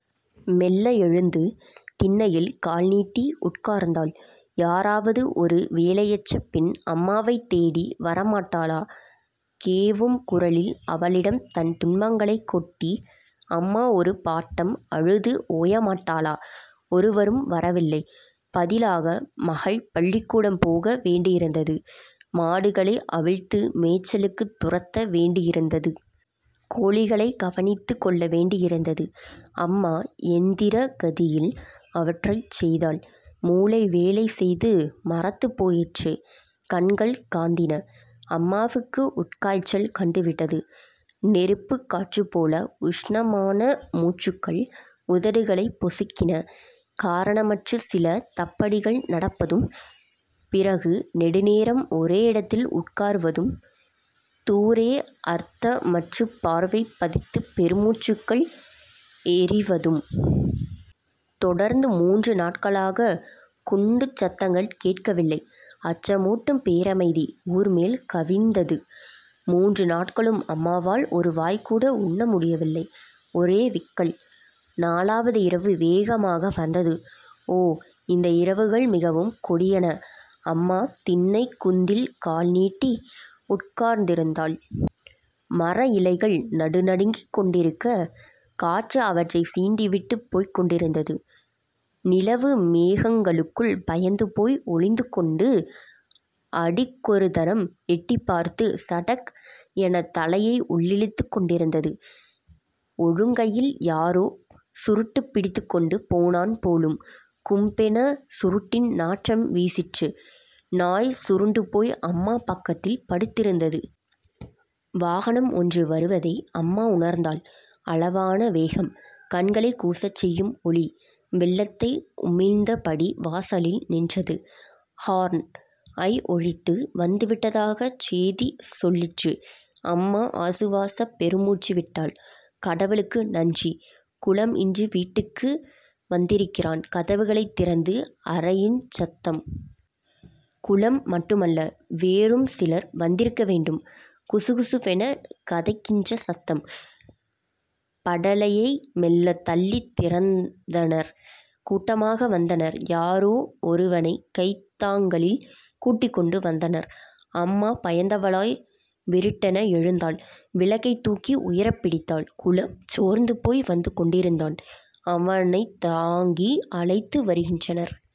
மெல்ல எழுந்து திண்ணையில் கால் நீட்டி உட்கார்ந்தாள். யாராவது ஒரு வேலையற்ற பெண் அம்மாவைத்தேடி வரமாட்டாளா? கேவும் குரலில் அவளிடம் தன் துன்பங்களைக் கொட்டி அம்மா ஒரு பாட்டம் அழுது ஓயமாட்டாளா? ஒருவரும் வரவில்லை. பதிலாக மகள் பள்ளிக்கூடம் போக வேண்டியிருந்தது. மாடுகளை அவிழ்த்து மேய்ச்சலுக்குத் துரத்த வேண்டியிருந்தது. கோழிகளைக் கவனித்துக் கொள்ள வேண்டியிருந்தது. அம்மா யந்திரகதியில், அவற்றைச் செய்தாள். மூளை வேலை செய்து மரத்துப் போயிற்று. கண்கள் காந்தின. அம்மாவுக்கு உட்காய்ச்சல் கண்டுவிட்டது. நெருப்புக் காற்றுப்போல உஷ்ணமான மூச்சுக்கள் உதடுகளைப் பொசுக்கின. காரணமற்று சில தப்படிகள் நடப்பதும்... பிறகு நெடுநேரம் ஒரேயிடத்தில் உட்கார்வதும்... தூரே அர்த்தமற்றுப் பார்வை பதித்து பெருமூச்சுக்கள் எறிவதும்... தொடர்ந்து மூன்று நாட்களாகக் குண்டுச் சத்தங்கள் கேட்கவில்லை அச்சமூட்டும் பேரமைதி ஊர்மேல் கவிந்தது. மூன்று நாட்களும் அம்மாவால் ஒரு வாய்கூட உண்ண முடியவில்லை. ஒரே விக்கல்! நாலாவது இரவு வேகமாக வந்தது. ஓ! இந்த இரவுகள் மிகவும் கொடியன. அம்மா திண்ணைக் குந்தில் கால்நீட்டி உட்கார்ந்திருந்தாள். மரஇலைகள் நடுநடுங்கிக் கொண்டிருக்க, காற்று அவற்றைச் சீண்டிவிட்டுப் போய்க் கொண்டிருந்தது. நிலவு மேகங்களுக்குள் பயந்து போய் ஒளித்துக்கொண்டு அடிக்கொருதரம் எட்டிப்பார்த்து, 'சடக்' எனத் தலையை உள்ளிழுத்துக் கொண்டிருந்தது. ஒழுங்கையில் யாரோ சுருட்டுப் பிடித்துக்கொண்டு போனான் போலும். 'கும்'பென சுருட்டின் நாற்றம் வீசிற்று. நாய் சுருண்டுபோய் அம்மா பக்கத்தில் படுத்திருந்தது. வாகனம் ஒன்று வருவதை அம்மா உணர்ந்தாள். அளவான வேகம். கண்களைக் கூசச் செய்யும் ஒளி வெள்ளத்தை உமிழ்ந்த படி வாசலில் நின்றது. 'ஹோர்ன்' ஐ ஒலித்து, வந்துவிட்டதாகச் சேதி சொல்லிற்று. அம்மா ஆசுவாசப் பெருமூச்சு விட்டாள். கடவுளுக்கு நன்றி! குலம் இன்று வீட்டுக்கு வந்திருக்கிறான்! கதவுகளைத் திறந்து அறையுஞ் சத்தம். குலம் மட்டுமல்ல வேறும் சிலர் வந்திருக்கவேண்டும். குசுகுசுவெனக் கதைக்கின்ற சத்தம். படலையை மெல்லத் தள்ளித் திறந்தனர். கூட்டமாக வந்தனர். யாரோ ஒருவனைக் கைத் தாங்களில் கூட்டிக்கொண்டு வந்தனர். அம்மா பயந்தவளாய் விருட்டென எழுந்தாள். விளக்கை தூக்கி உயரப்பிடித்தாள். குலம் சோர்ந்துபோய் வந்துகொண்டிருந்தான். அவனைத் தாங்கி அழைத்து வருகின்றனர்.